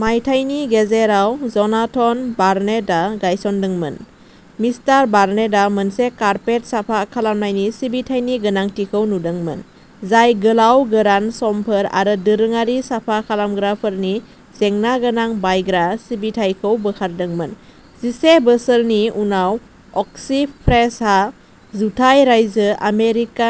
मायथाइनि गेजेराव जनाथन बार्नेटआ गायसनदोंमोन। मिस्टार बार्नेटआ मोनसे कारपेट साफा खालामनायनि सिबिथायनि गोनांथिखौ नुदोंमोन, जाय गोलाव गोरान समफोर आरो दोरोङारि साफा खालामग्राफोरनि जेंनागोनां बायग्रा सिबिथाइखौ बोखारदोंमोन। जिसे बोसोरनि उनाव, अक्सी फ्रेशहा जुथाइ रायजो आमेरिका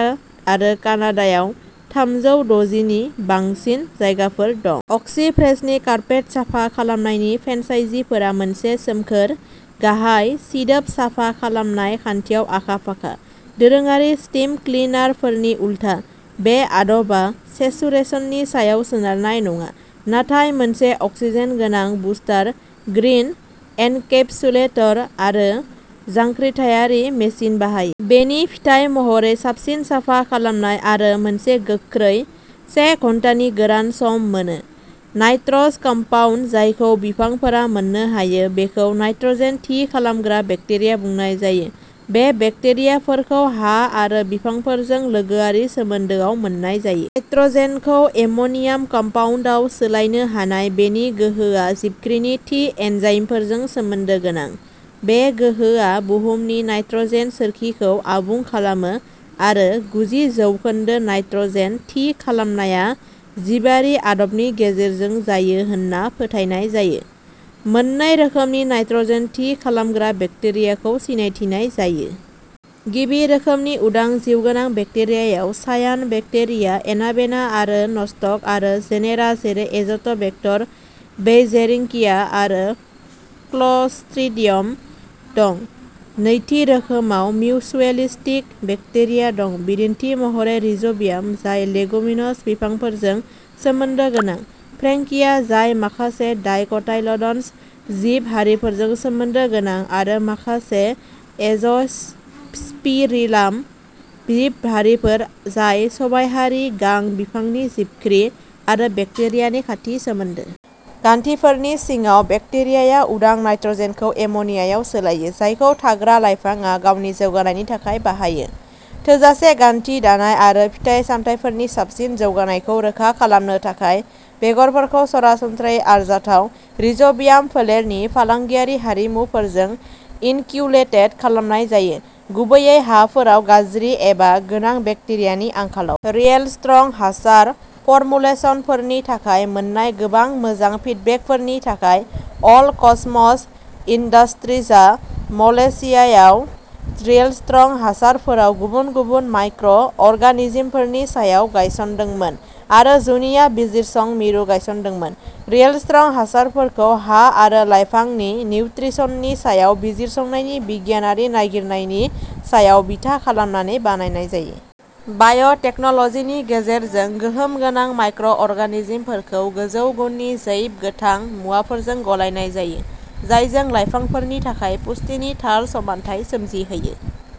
आरो कानाडायाव थामजौ द'जिनि बांसिन जायगाफोर दं। अक्सी फ्रेशनि कारपेट साफा खालामनायनि फ्रेन्चाइजीफोरा मोनसे सोमखोर, गाहाय सिदोब साफा खालामनाय खान्थियाव आखा फाखा। दोरोङारि स्टीम क्लिनारफोरनि उलथा, बे आदबा सेचुरेशननि सायाव सोनारनाय नङा, नाथाय मोनसे अक्सिजेन गोनां बुस्टार, ग्रीन एनकैपसुलेटर आरो जांख्रिथायारि मेसिन बाहायो। बेनि फिथाय महरै साबसिन साफा खालामनाय आरो मोनसे गोख्रै, से घन्टानि गोरान सम मोनो। नाइट्रस कम्पाउन्ड जायखौ बिफांफोरा मोननो हायो बेखौ नाइट्रजेन थि खालामग्रा बेक्टेरिया बुंनाय जायो। बे बेक्टेरियाफोरखौ हा आरो बिफांफोरजों लोगोआरि सोमोन्दोआव मोन्नाय जायो। नाइट्रजेनखौ एम'नियाम कम्पाउन्डआव सोलायनो हानाय बेनि गोहोआ जिबख्रिनि थि एन्जाइमफोरजों सोमोन्दो गोनां। बे गोहोआ बुहुमनि नाइट्रजेन सोरखिखौ आबुं खालामो आरो गुजि जौखोन्दो नाइट्रजेन थि खालामनाया जिबारि आदबनि गेजेरजों जायो होन्ना फोथायनाय जायो। मोननै रोखोमनि नाइट्रजेन थि खालामग्रा बेक्टेरियाखौ सिनायथिनाय जायो। गिबि रोखोमनि उदां जिउगोनां बेक्टेरियायाव सायान बेक्टेरिया एनाबेना आरो न'स्टक आरो जेनेरा जेरै एज'ट'बेक्टर, बेइजेरिंकिया आरो क्लस्ट्रिडियम दं। नैथि रोखोमाव मिउचुएलिस्टिक बेक्टेरिया दं; बिदिन्थि महरै रिज'बियाम, जाय लेगुमिनस बिफांफोरजों सोमोन्दो गोनां; फ्रेंकिया, जाय माखासे डायकोटाइलडनस जिब हारिफोरजों सोमोन्दो गोनां; आरो माखासे एज'स्पिरिलाम जिब हारिफोर, जाय सबायहारि गां बिफांनि जिबख्रि आरो बेक्टेरियानि खाथि सोमोन्दो। गान्थिफोरनि सिङाव बेक्टेरियाया उदां नाइट्रजेनखौ एमोनियायाव सोलायो, जायखौ थाग्रा लाइफांआ गावनि जौगानायनि थाखाय बाहायो। थोजासे गान्थि दानाय आरो फिथाइ सामथाइफोरनि साबसिन जौगानायखौ रोखा खालामनो थाखाय, बेगरफोरखौ सरासनस्रायै आरजाथाव रिज'बियाम फोलेरनि फालांगियारि हारिमुफोरजों इन'क्युलेटेड खालामनाय जायो, गुबैयै हाफोराव गाज्रि एबा गोनां बेक्टेरियानि आंखालाव। रियेलस्ट्रं हासार फरमुलेसनफोरनि थाखाय मोन्नाय गोबां मोजां फिडबेकफोरनि थाखाय, अल कसमस इन्डास्ट्रिजआ मलेशियायाव रियेलस्ट्रं हासारफोराव गुबुन गुबुन माइक्र' अरगानिजमफोरनि सायाव गायसनदोंमोन आरो जुनिया बिजिरसं मिरु गायसनदोंमोन। रियेलस्ट्रं हासारफोरखौ हा आरो लाइफांनि निउत्रिसननि सायाव बिजिरसंनायनि बिगियानारि नागिरनायनि सायाव बिथा खालामनानै बानायनाय जायो। बाय'टेक्न'लजिनि गेजेरजों, गोहोम गोनां माइक्र'अरगानिजमफोरखौ गोजौ गुननि जैब गोथां मुवाफोरजों गलायनाय जायो, जायजों लाइफांफोरनि थाखाय पुष्टिनि थार समानथाय सोमजिहोयो।